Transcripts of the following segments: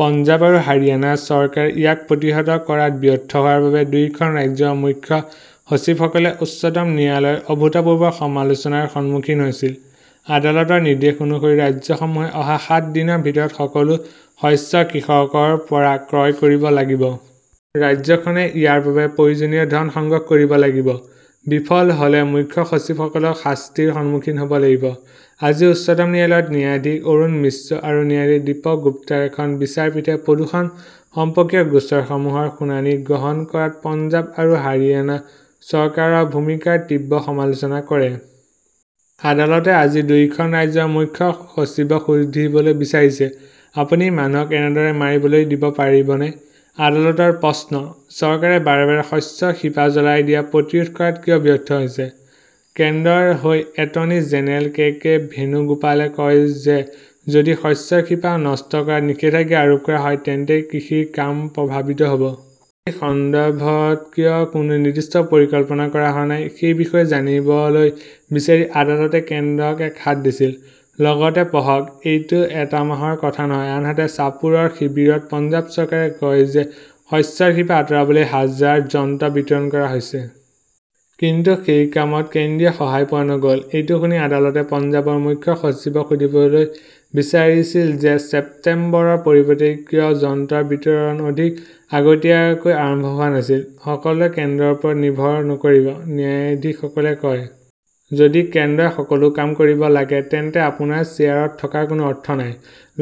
পঞ্জাৱ আৰু হাৰিয়ানা চৰকাৰে ইয়াক প্ৰতিহত কৰাত ব্যৰ্থ হোৱাৰ বাবে দুয়োখন ৰাজ্যৰ মুখ্য সচিবসকলে উচ্চতম ন্যায়ালয়ৰ অভূতপূৰ্ব সমালোচনাৰ সন্মুখীন হৈছিল। আদালতৰ নিৰ্দেশ অনুসৰি ৰাজ্যসমূহে অহা সাত দিনৰ ভিতৰত সকলো শস্য কৃষকৰ পৰা ক্ৰয় কৰিব লাগিব। ৰাজ্যখনে ইয়াৰ বাবে প্ৰয়োজনীয় ধন সংগ্ৰহ কৰিব লাগিব। বিফল হ'লে মুখ্য সচিবসকলক শাস্তিৰ সন্মুখীন হ" ব লাগিব। আজি উচ্চতম ন্যায়ালয়ত ন্যায়াধীশ অৰুণ মিশ্ৰ আৰু ন্যায়াধীশ দীপক গুপ্তাৰ এখন বিচাৰপীঠে প্ৰদূষণ সম্পৰ্কীয় গোচৰসমূহৰ শুনানি গ্ৰহণ কৰাত পঞ্জাৱ আৰু হাৰিয়ানা চৰকাৰৰ ভূমিকাৰ তীব্ৰ সমালোচনা কৰে। আদালতে আজি দুয়োখন ৰাজ্যৰ মুখ্য সচিবক সুধিবলৈ বিচাৰিছেঃ "আপুনি মানুহক এনেদৰে মৰিবলৈ দিব পাৰিবনে? "আদালতৰ প্ৰশ্ন", চৰকাৰে বাৰে বাৰে শস্যৰ শিপা জ্বলাই দিয়া প্ৰতিৰোধ কৰাত কিয় ব্যৰ্থ হৈছে? "কেন্দ্ৰৰ হৈ এটৰ্নী জেনেৰেল কে কে ভেনুগোপালে কয় যে যদি শস্যৰ শিপা নষ্ট কৰাত নিষেধাজ্ঞা আৰোপ কৰা হয় তেন্তে কৃষিৰ কাম প্ৰভাৱিত হ'ব। এই সন্দৰ্ভত কিয় কোনো নিৰ্দিষ্ট পৰিকল্পনা কৰা হোৱা নাই সেই বিষয়ে জানিবলৈ বিচাৰি আদালতে কেন্দ্ৰক এক হাত দিছিল। লগতে পঢ়কঃ এইটো এটা মাহৰ কথা নহয়, আনহাতে ছাপুৰৰ শিবিৰত পঞ্জাৱ চৰকাৰে কয় যে শস্যৰ শিপা আঁতৰাবলৈ হাজাৰ যন্ত্ৰ বিতৰণ কৰা হৈছে। কিন্তু সেই কামত কেন্দ্ৰীয় সহায় পোৱা নগ'ল। এইটো শুনি আদালতে পঞ্জাৱৰ মুখ্য সচিবক সুধিবলৈ বিচাৰিছিল যে ছেপ্টেম্বৰৰ পৰিৱৰ্তে কিয় যন্ত্ৰৰ বিতৰণ অধিক আগতীয়াকৈ আৰম্ভ হোৱা নাছিল। "সকলোতে কেন্দ্ৰৰ ওপৰত নিৰ্ভৰ নকৰিব", ন্যায়াধীশসকলে কয়। যদি কেন্দ্ৰই সকলো কাম কৰিব লাগে, তেন্তে আপোনাৰ চেয়াৰত থকাৰ কোনো অৰ্থ নাই।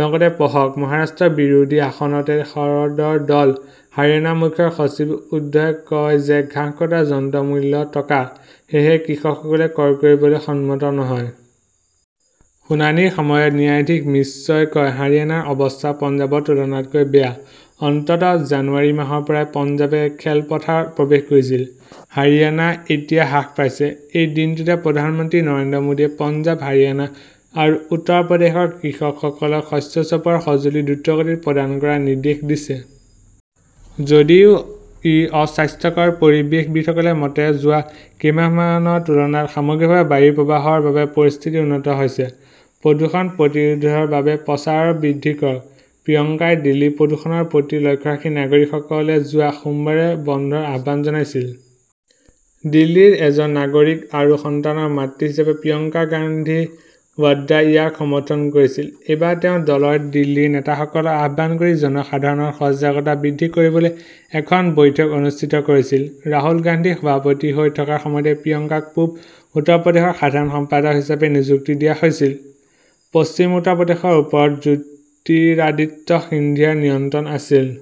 লগতে পঢ়কঃ মহাৰাষ্ট্ৰৰ বিৰোধী আসনতে শৰদৰ দল, হাৰিয়ানাৰ মুখ্য সচিব উদ্ধৱে কয় যে ঘাঁহ কটা যন্ত্ৰৰ মূল্য টকা। সেয়েহে কৃষকসকলে ক্ৰয় কৰিবলৈ সন্মত নহয়। শুনানিৰ সময়ত ন্যায়াধীশ মিশ্ৰই কয়, "হাৰিয়ানাৰ অৱস্থা পঞ্জাৱৰ তুলনাতকৈ বেয়া। অন্ততঃ জানুৱাৰী মাহৰ পৰাই পঞ্জাৱে খেলপথাৰত প্ৰৱেশ কৰিছিল। হাৰিয়ানা এতিয়া হ্ৰাস পাইছে। "এই দিনটোতে প্ৰধানমন্ত্ৰী নৰেন্দ্ৰ মোদীয়ে পঞ্জাৱ, হাৰিয়ানা আৰু উত্তৰ প্ৰদেশৰ কৃষকসকলক শস্য চপোৱা সঁজুলি দ্ৰুতগতিত প্ৰদান কৰাৰ নিৰ্দেশ দিছে। যদিও ই অস্বাস্থ্যকৰ, পৰিৱেশবিদসকলৰ মতে যোৱা কেইমাহমানৰ তুলনাত সামগ্ৰিকভাৱে বায়ুৰ প্ৰবাহৰ বাবে পৰিস্থিতি উন্নত হৈছে। প্ৰদূষণ প্ৰতিৰোধৰ বাবে প্ৰচাৰ বৃদ্ধি কৰকঃ প্ৰিয়ংকাই দিল্লীৰ প্ৰদূষণৰ প্ৰতি লক্ষ্য ৰাখি নাগৰিকসকলে যোৱা সোমবাৰে বন্ধৰ আহ্বান জনাইছিল। দিল্লীৰ এজন নাগৰিক "আৰু সন্তানৰ মাতৃ" হিচাপে প্ৰিয়ংকা গান্ধী ৱাদ্ৰাই ইয়াক সমৰ্থন কৰিছিল। এইবাৰ তেওঁ দলৰ দিল্লীৰ নেতাসকলক আহ্বান কৰি জনসাধাৰণৰ সজাগতা বৃদ্ধি কৰিবলৈ এখন বৈঠক অনুষ্ঠিত কৰিছিল। ৰাহুল গান্ধী সভাপতি হৈ থকাৰ সময়তে প্ৰিয়ংকাক পূব উত্তৰ প্ৰদেশৰ সাধাৰণ সম্পাদক হিচাপে নিযুক্তি দিয়া হৈছিল। পশ্চিম উত্তৰ প্ৰদেশৰ ওপৰত জ্যোতিৰাদিত্য সিন্ধিয়াৰ নিয়ন্ত্ৰণ আছিল।